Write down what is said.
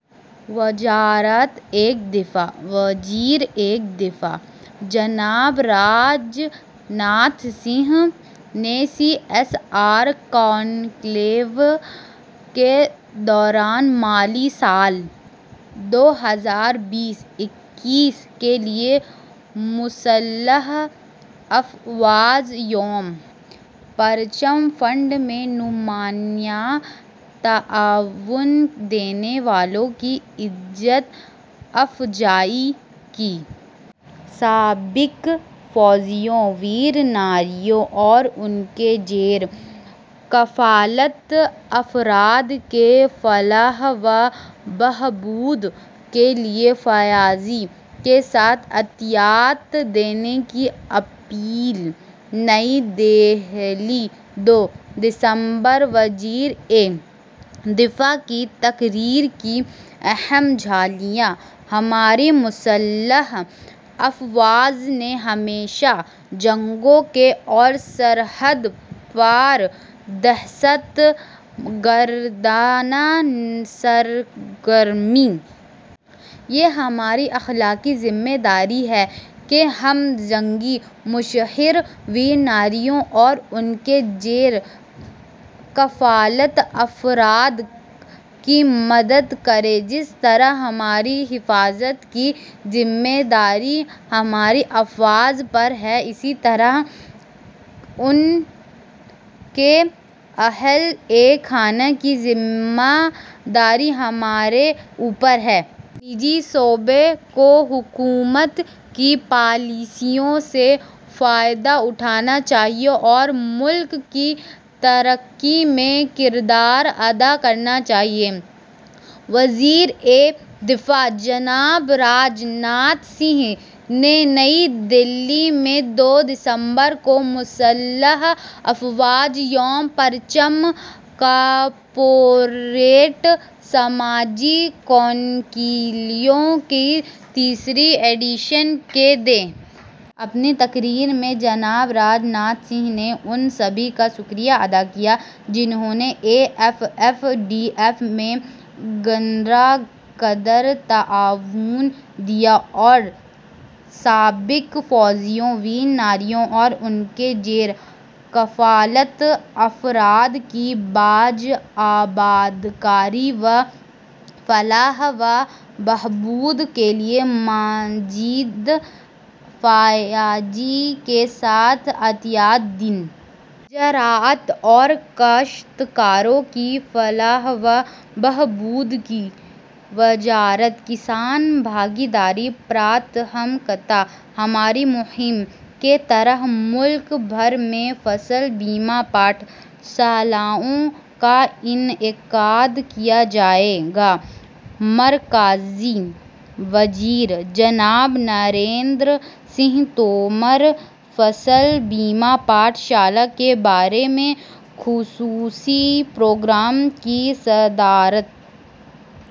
وزارتِ دفاع وزیرِ دفاع جناب راج ناتھ سنگھ نے سی ایس آر کانکلیو کے دوران مالی سال دو ہزار بیس-اکیس کے لیے مسلح افواج یومِ پرچم فنڈ میں نمایاں تعاون دینے والوں کی عزت افزائی کی۔ سابق فوجیوں، ویر ناریوں اور ان کے زیرِ کفالت افراد کی فلاح و بہبود کے لیے فیاضی کے ساتھ عطیات دینے کی اپیل۔ نئی دہلی، دو دسمبر: وزیرِ دفاع کی تقریر کی اہم جھلکیاں: ہماری مسلح افواج نے ہمیشہ جنگوں کے دوران اور سرحد پار دہشت گردانہ سرگرمیوں کی روک تھام کرکے بھارت کی سالمیت اور اقتدارِ اعلیٰ کی حفاظت کی ہے۔ یہ ہماری اخلاقی ذمہ داری ہے کہ ہم جنگی مشاہیر، ویر ناریوں اور ان کے زیرِ کفالت افراد کی مدد کریں۔ جس طرح ہماری حفاظت کی ذمہ داری ہماری افواج پر ہے، اسی طرح ان کے اہلِ خانہ کی ذمہ داری ہمارے اوپر ہے۔ نجی شعبے کو حکومت کی پالیسیوں سے فائدہ اٹھانا چاہیے اور ملک کی ترقی میں کردار ادا کرنا چاہیے۔ وزیرِ دفاع جناب راج ناتھ سنگھ نے نئی دہلی میں دو دسمبر کو مسلح افواج یومِ پرچم کارپوریٹ سماجی ذمہ داری کانکلیو کے تیسرے ایڈیشن کے دوران مالی سال دو ہزار بیس-اکیس کے دوران مسلح افواج یومِ پرچم فنڈ میں نمایاں تعاون دینے والوں کی عزت افزائی کی۔ اپنی تقریر میں جناب راج ناتھ سنگھ نے ان سبھی کا شکریہ ادا کیا جنہوں نے A F F D F میں گراں قدر تعاون دیا اور سابق فوجیوں، ویر ناریوں اور ان کے زیرِ کفالت افراد کی بازآبادکاری و فلاح و بہبود کے لیے مزید فیاضی کے ساتھ عطیات دینے کی اپیل کی۔ زراعت اور کاشتکاروں کی فلاح و بہبود کی وزارت ''کسان بھاگیداری- پراتھمکتا ہماری'' مہم کے تحت ملک بھر میں فصل بیمہ پاٹھ شالاؤں کا انعقاد کیا جائے گا۔ مرکزی وزیر جناب نریندر سنگھ تومر فصل بیمہ پاٹھ شالہ کے بارے میں خصوصی پروگرام کی صدارت کریں گے۔